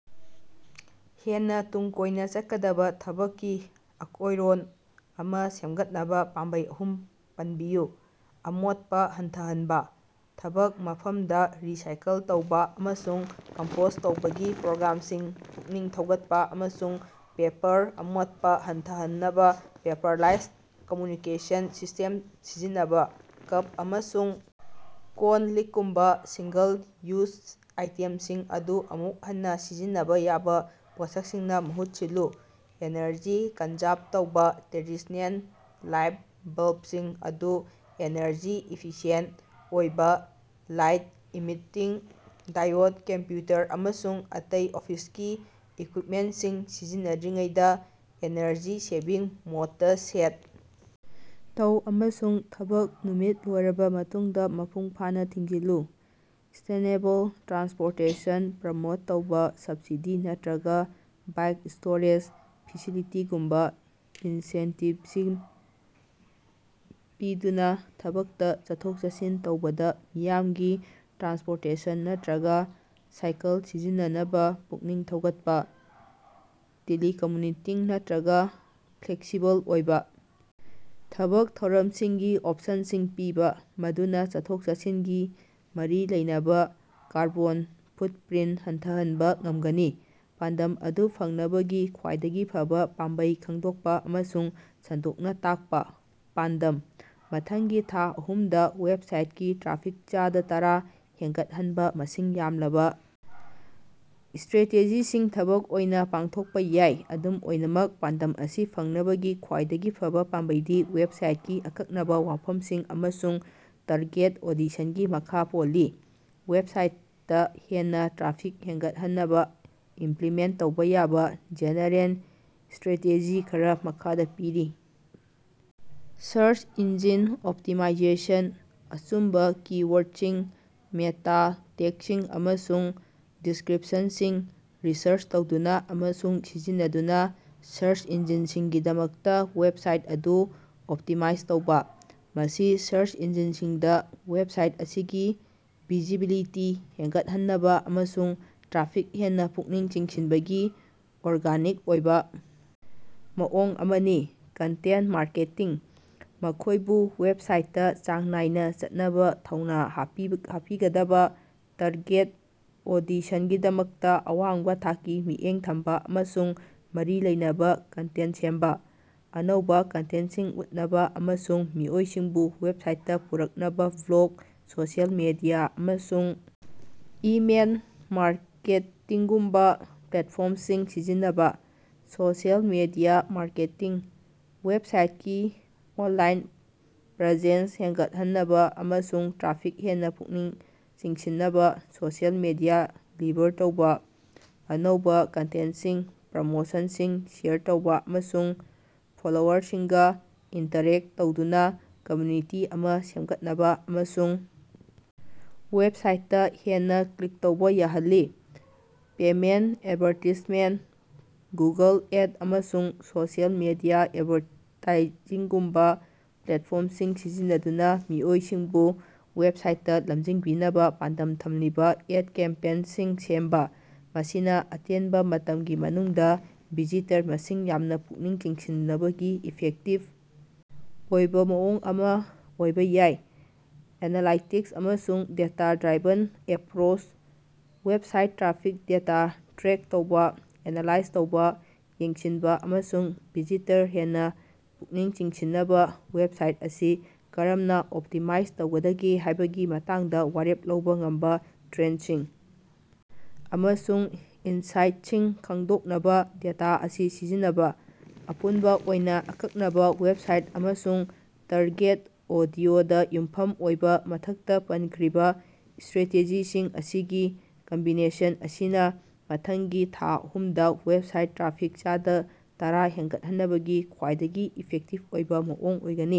ꯍꯦꯟꯅ ꯇꯨꯡ ꯀꯣꯏꯅ ꯆꯠꯀꯗꯕ ꯊꯕꯛꯀꯤ ꯑꯀꯣꯏꯔꯣꯟ ꯑꯃ ꯁꯦꯝꯒꯠꯅꯕ ꯄꯥꯝꯕꯩ ꯑꯍꯨꯝ ꯄꯅꯕꯤꯌꯨ꯫ ꯑꯃꯣꯠꯄ ꯍꯟꯊꯍꯟꯕ: ꯊꯕꯛ ꯃꯐꯝꯗ ꯔꯤꯁꯥꯏꯀꯜ ꯇꯧꯕ ꯑꯃꯁꯨꯡ ꯀꯝꯄꯣꯁꯠ ꯇꯧꯕꯒꯤ ꯄ꯭ꯔꯣꯒ꯭ꯔꯥꯝꯁꯤꯡ ꯄꯨꯛꯅꯤꯡ ꯊꯧꯒꯠꯄ ꯑꯃꯁꯨꯡ ꯄꯦꯄꯔ ꯑꯃꯣꯠꯄ ꯍꯟꯊꯍꯟꯅꯕ ꯄꯦꯄꯔꯂꯦꯁ ꯀꯝꯃ꯭ꯌꯨꯅꯤꯀꯦꯁꯟ ꯁꯤꯁ꯭ꯇꯦꯝꯁꯤꯡ ꯁꯤꯖꯤꯟꯅꯕ꯫ ꯀꯞ ꯑꯃꯁꯨꯡ ꯀꯣꯟ-ꯂꯤꯛꯀꯨꯝꯕ ꯁꯤꯡꯒꯜ-ꯌꯨꯖ ꯑꯥꯏꯇꯦꯝꯁꯤꯡ ꯑꯗꯨ ꯑꯃꯨꯛ ꯍꯟꯅ ꯁꯤꯖꯤꯟꯅꯕ ꯌꯥꯕ ꯄꯣꯠꯁꯛꯁꯤꯡꯅ ꯃꯍꯨꯠ ꯁꯤꯜꯂꯨ꯫ ꯏꯅꯔꯖꯤ ꯀꯟꯖꯔꯚ ꯇꯧꯕ: ꯇ꯭ꯔꯦꯗꯤꯁꯟꯅꯦꯜ ꯂꯥꯏꯠ ꯕꯜꯕꯁꯤꯡ ꯑꯗꯨ ꯏꯅꯔꯖꯤ ꯏꯐꯤꯁꯤꯑꯦꯟꯇ ꯑꯣꯏꯕ ꯂꯥꯏꯠ ꯏꯃꯤꯠꯇꯤꯡ ꯗꯥꯏꯑꯣꯗ ꯀꯝꯄ꯭ꯌꯨꯇꯔ ꯑꯃꯁꯨꯡ ꯑꯇꯩ ꯑꯣꯐꯤꯁꯀꯤ ꯏꯀ꯭ꯌꯨꯏꯞꯃꯦꯟꯇꯁꯤꯡ ꯁꯤꯖꯤꯟꯅꯗ꯭ꯔꯤꯉꯩꯗ "ꯑꯦꯅꯔꯖꯤ-ꯁꯦꯚꯤꯡ" ꯃꯣꯗꯇ ꯁꯦꯠ ꯇꯧ ꯑꯃꯁꯨꯡ ꯊꯕꯛ ꯅꯨꯃꯤꯠ ꯂꯣꯏꯔꯕ ꯃꯇꯨꯡꯗ ꯃꯄꯨꯡꯐꯥꯅ ꯊꯤꯡꯖꯤꯜꯂꯨ꯫ ꯁꯁ꯭ꯇꯦꯅꯦꯕꯜ ꯇ꯭ꯔꯥꯟꯁꯄꯣꯔꯇꯦꯁꯟ ꯄ꯭ꯔꯣꯃꯣꯠ ꯇꯧꯕ: ꯁꯕꯁꯤꯗꯤ ꯅꯠꯇ꯭ꯔꯒ ꯕꯥꯏꯛ ꯁ꯭ꯇꯣꯔꯦꯖ ꯐꯦꯁꯤꯂꯤꯇꯤꯒꯨꯝꯕ ꯏꯟꯁꯦꯟꯇꯤꯚꯁꯤꯡ ꯄꯤꯗꯨꯅ ꯊꯕꯛꯇ ꯆꯠꯊꯣꯛ-ꯆꯠꯁꯤꯟ ꯇꯧꯕꯗ ꯃꯤꯌꯥꯝꯒꯤ ꯇ꯭ꯔꯥꯟꯁꯄꯣꯔꯇꯦꯁꯟ ꯅꯠꯇ꯭ꯔꯒ ꯁꯥꯏꯀꯜ ꯁꯤꯖꯤꯟꯅꯅꯕ ꯄꯨꯛꯅꯤꯡ ꯊꯧꯒꯠꯄ꯫ ꯇꯦꯂꯤꯀꯝꯃ꯭ꯌꯨꯇꯤꯡ ꯅꯠꯇ꯭ꯔꯒ ꯐ꯭ꯂꯦꯛꯁꯤꯕꯜ ꯑꯣꯏꯕ ꯊꯕꯛ ꯊꯧꯔꯝꯁꯤꯡꯒꯤ ꯑꯣꯞꯁꯟꯁꯤꯡ ꯄꯤꯕ, ꯃꯗꯨꯅ ꯆꯠꯊꯣꯛ-ꯆꯠꯁꯤꯟꯒꯤ ꯃꯔꯤ ꯂꯩꯅꯕ ꯀꯥꯔꯕꯣꯟ ꯐꯨꯠꯄ꯭ꯔꯤꯟꯇ ꯍꯟꯊꯍꯟꯕ ꯉꯝꯒꯅꯤ꯫ ꯄꯥꯟꯗꯝ ꯑꯗꯨ ꯐꯪꯅꯕꯒꯤ ꯈ꯭ꯋꯥꯏꯗꯒꯤ ꯐꯕ ꯄꯥꯝꯕꯩ ꯈꯪꯗꯣꯛꯄ ꯑꯃꯁꯨꯡ ꯁꯟꯗꯣꯛꯅ ꯇꯥꯛꯄ꯫ ꯄꯥꯟꯗꯝ: ꯃꯊꯪꯒꯤ ꯊꯥ ꯑꯍꯨꯝꯗ ꯋꯦꯕꯁꯥꯏꯠꯀꯤ ꯇ꯭ꯔꯥꯐꯤꯛ ꯆꯥꯗ ꯇꯔꯥ ꯍꯦꯟꯒꯠꯍꯟꯕ ꯃꯁꯤꯡ ꯌꯥꯝꯂꯕ ꯁ꯭ꯇꯔꯦꯇꯦꯖꯤꯁꯤꯡ ꯊꯕꯛ ꯑꯣꯏꯅ ꯄꯥꯡꯊꯣꯛꯄ ꯌꯥꯏ꯫ ꯑꯗꯨꯝ ꯑꯣꯏꯅꯃꯛ ꯄꯥꯟꯗꯝ ꯑꯁꯤ ꯐꯪꯅꯕꯒꯤ ꯈ꯭ꯋꯥꯏꯗꯒꯤ ꯐꯕ ꯄꯥꯝꯕꯩꯗꯤ ꯋꯦꯕꯁꯥꯏꯠꯀꯤ ꯑꯀꯛꯅꯕ ꯋꯥꯐꯝꯁꯤꯡ ꯑꯃꯁꯨꯡ ꯇꯥꯔꯒꯦꯠ ꯑꯣꯗꯤꯁꯟꯒꯤ ꯃꯈꯥ ꯄꯣꯜꯂꯤ꯫ ꯋꯦꯕꯁꯥꯏꯠꯇ ꯍꯦꯟꯅ ꯇ꯭ꯔꯥꯐꯤꯛ ꯍꯦꯟꯒꯠꯍꯟꯅꯕ ꯏꯃꯄ꯭ꯂꯤꯃꯦꯟꯇ ꯇꯧꯕ ꯌꯥꯕ ꯖꯦꯅꯦꯔꯦꯜ ꯁ꯭ꯇꯔꯥꯇꯦꯖꯤ ꯈꯔ ꯃꯈꯥꯗ ꯄꯤꯔꯤ: ꯁꯔꯆ ꯏꯟꯖꯤꯟ ꯑꯣꯞꯇꯤꯃꯥꯏꯖꯦꯁꯟ: ꯑꯆꯨꯝꯕ ꯀꯤ-ꯋꯥꯔꯗꯁꯤꯡ, ꯃꯦꯇꯥ ꯇꯦꯒꯁꯤꯡ ꯑꯃꯁꯨꯡ ꯗꯤꯁꯀ꯭ꯔꯤꯞꯁꯟꯁꯤꯡ ꯔꯤꯁꯔꯆ ꯇꯧꯗꯨꯅ ꯑꯃꯁꯨꯡ ꯁꯤꯖꯤꯟꯅꯗꯨꯅ ꯁꯔꯆ ꯏꯟꯖꯤꯟꯁꯤꯡꯒꯤꯗꯃꯛꯇ ꯋꯦꯕꯁꯥꯏꯠ ꯑꯗꯨ ꯑꯣꯞꯇꯤꯃꯥꯏꯖ ꯇꯧꯕ꯫ ꯃꯁꯤ ꯁꯔꯆ ꯏꯟꯖꯤꯟꯁꯤꯡꯗ ꯋꯦꯕꯁꯥꯏꯠ ꯑꯁꯤꯒꯤ ꯚꯤꯖꯤꯕꯤꯂꯤꯇꯤ ꯍꯦꯟꯒꯠꯍꯟꯅꯕ ꯑꯃꯁꯨꯡ ꯇ꯭ꯔꯥꯐꯤꯛ ꯍꯦꯟꯅ ꯄꯨꯛꯅꯤꯡ ꯆꯤꯡꯁꯤꯟꯕꯒꯤ ꯑꯣꯔꯒꯥꯅꯤꯛ ꯑꯣꯏꯕ ꯃꯑꯣꯡ ꯑꯃꯅꯤ꯫ ꯀꯟꯇꯦꯟꯇ ꯃꯥꯔꯀꯦꯇꯤꯡ: ꯃꯈꯣꯏꯕꯨ ꯋꯦꯕꯁꯥꯏꯠꯇ ꯆꯥꯡ ꯅꯥꯏꯅ ꯆꯠꯅꯕ ꯊꯧꯅ ꯍꯥꯞꯄꯤꯒꯗꯕ ꯇꯥꯔꯒꯦꯠ ꯑꯣꯗꯤꯁꯟꯒꯤꯗꯃꯛꯇ ꯑꯋꯥꯡꯕ ꯊꯥꯛꯀꯤ ꯃꯤꯠꯌꯦꯡ ꯊꯝꯕ ꯑꯃꯁꯨꯡ ꯃꯔꯤ ꯂꯩꯅꯕ ꯀꯟꯇꯦꯟꯇ ꯁꯦꯝꯕ; ꯑꯅꯧꯕ ꯀꯟꯇꯦꯟꯇꯁꯤꯡ ꯎꯠꯅꯕ ꯑꯃꯁꯨꯡ ꯃꯤꯑꯣꯏꯁꯤꯡꯕꯨ ꯋꯦꯕꯁꯥꯏꯠꯇ ꯄꯨꯔꯛꯅꯕ ꯕ꯭ꯂꯣꯒ, ꯁꯣꯁꯤꯑꯦꯜ ꯃꯤꯗꯤꯌꯥ ꯑꯃꯁꯨꯡ ꯏꯃꯦꯜ ꯃꯥꯔꯀꯦꯇꯤꯡꯒꯨꯝꯕ ꯄ꯭ꯂꯦꯠꯐꯣꯔꯝꯁꯤꯡ ꯁꯤꯖꯤꯟꯅꯕ; ꯁꯣꯁꯤꯑꯦꯜ ꯃꯤꯗꯤꯌꯥ ꯃꯥꯔꯀꯦꯇꯤꯡ: ꯋꯦꯕꯁꯥꯏꯠꯀꯤ ꯑꯣꯅꯂꯥꯏꯟ ꯄ꯭ꯔꯦꯖꯦꯟꯁ ꯍꯦꯟꯒꯠꯍꯟꯅꯕ ꯑꯃꯁꯨꯡ ꯇ꯭ꯔꯥꯐꯤꯛ ꯍꯦꯟꯅ ꯄꯨꯛꯅꯤꯡ ꯆꯤꯡꯁꯤꯟꯅꯕ ꯁꯣꯁꯤꯑꯦꯜ ꯃꯤꯗꯤꯌꯥ ꯂꯤꯚꯔ ꯇꯧꯕ, ꯑꯅꯧꯕ ꯀꯟꯇꯦꯟꯇꯁꯤꯡ, ꯄ꯭ꯔꯣꯃꯣꯁꯟꯁꯤꯡ ꯁꯦꯌꯔ ꯇꯧꯕ ꯑꯃꯁꯨꯡ ꯐꯣꯂꯣꯋꯔꯁꯤꯡꯒ ꯏꯟꯇꯔꯦꯛꯇ ꯇꯧꯗꯨꯅ ꯀꯝꯃ꯭ꯌꯨꯅꯤꯇꯤ ꯑꯃ ꯁꯦꯝꯒꯠꯅꯕ ꯑꯃꯁꯨꯡ ꯋꯦꯕꯁꯥꯏꯠꯇ ꯍꯦꯟꯅ ꯀ꯭ꯂꯤꯛ ꯇꯧꯕ ꯌꯥꯍꯜꯂꯤ꯫ ꯄꯦꯃꯦꯟꯇ ꯑꯦꯗꯚꯔꯇꯤꯁꯃꯦꯟꯇ: ꯒꯨꯒꯜ ꯑꯦꯗ ꯑꯃꯁꯨꯡ ꯁꯣꯁꯤꯑꯦꯜ ꯃꯤꯗꯤꯌꯥ ꯑꯦꯗꯚꯔꯇꯥꯏꯖꯤꯡꯒꯨꯝꯕ ꯄ꯭ꯂꯦꯠꯐꯣꯔꯝꯁꯤꯡ ꯁꯤꯖꯤꯟꯅꯗꯨꯅ ꯃꯤꯑꯣꯏꯁꯤꯡꯕꯨ ꯋꯦꯕꯁꯥꯏꯠꯇ ꯂꯝꯖꯤꯡꯕꯤꯅꯕ ꯄꯥꯟꯗꯝ ꯊꯝꯂꯤꯕ ꯑꯦꯗ ꯀꯦꯝꯄꯦꯟꯁꯤꯡ ꯁꯦꯝꯕ꯫ ꯃꯁꯤꯅ ꯑꯇꯦꯟꯕ ꯃꯇꯝꯒꯤ ꯃꯅꯨꯡꯗ ꯚꯤꯖꯤꯇꯔ ꯃꯁꯤꯡ ꯌꯥꯝꯅ ꯄꯨꯛꯅꯤꯡ ꯆꯤꯡꯁꯤꯟꯕꯒꯤ ꯏꯐꯦꯛꯇꯤꯚ ꯑꯣꯏꯕ ꯃꯑꯣꯡ ꯑꯃ ꯑꯣꯏꯕ ꯌꯥꯏ꯫ ꯑꯦꯅꯂꯥꯏꯇꯤꯛꯁ ꯑꯃꯁꯨꯡ data driven approach: website traffic data track ꯇꯧꯕ, ꯑꯦꯅꯂꯥꯏꯖ ꯇꯧꯕ, ꯌꯦꯡꯁꯤꯟꯕ ꯑꯃꯁꯨꯡ ꯚꯤꯖꯤꯇꯔ ꯍꯦꯟꯅ ꯄꯨꯛꯅꯤꯡ ꯆꯤꯡꯁꯤꯟꯅꯕ ꯋꯦꯕꯁꯥꯏꯠ ꯑꯁꯤ ꯀꯔꯝꯅ ꯑꯣꯞꯇꯤꯃꯥꯏꯖ ꯇꯧꯒꯗꯒꯦ ꯍꯥꯏꯕꯒꯤ ꯃꯇꯥꯡꯗ ꯋꯥꯔꯦꯞ ꯂꯧꯕ ꯉꯝꯕ ꯇ꯭ꯔꯦꯟꯗꯁꯤꯡ ꯑꯃꯁꯨꯡ ꯏꯟꯁꯥꯏꯠꯁꯤꯡ ꯈꯪꯗꯣꯛꯅꯕ ꯗꯦꯇꯥ ꯑꯁꯤ ꯁꯤꯖꯤꯟꯅꯕ; ꯑꯄꯨꯟꯕ ꯑꯣꯏꯅ, ꯑꯀꯛꯅꯕ ꯋꯦꯕꯁꯥꯏꯠ ꯑꯃꯁꯨꯡ ꯇꯥꯔꯒꯦꯠ ꯑꯣꯗꯤꯑꯣꯗ ꯌꯨꯝꯐꯝ ꯑꯣꯏꯕ ꯃꯊꯛꯇ ꯄꯟꯈ꯭ꯔꯤꯕ ꯁ꯭ꯇꯔꯦꯇꯦꯖꯤꯁꯤꯡ ꯑꯁꯤꯒꯤ ꯀꯝꯕꯤꯅꯦꯁꯟ ꯑꯁꯤꯅ ꯃꯊꯪꯒꯤ ꯊꯥ ꯑꯍꯨꯝꯗ ꯋꯦꯕꯁꯥꯏꯠ ꯇ꯭ꯔꯥꯐꯤꯛ ꯆꯥꯗ ꯇꯔꯥ ꯍꯦꯟꯒꯠꯍꯟꯅꯕꯒꯤ ꯈ꯭ꯋꯥꯏꯗꯒꯤ ꯏꯐꯦꯛꯇꯤꯚ ꯑꯣꯏꯕ ꯃꯑꯣꯡ ꯑꯣꯏꯒꯅꯤ꯫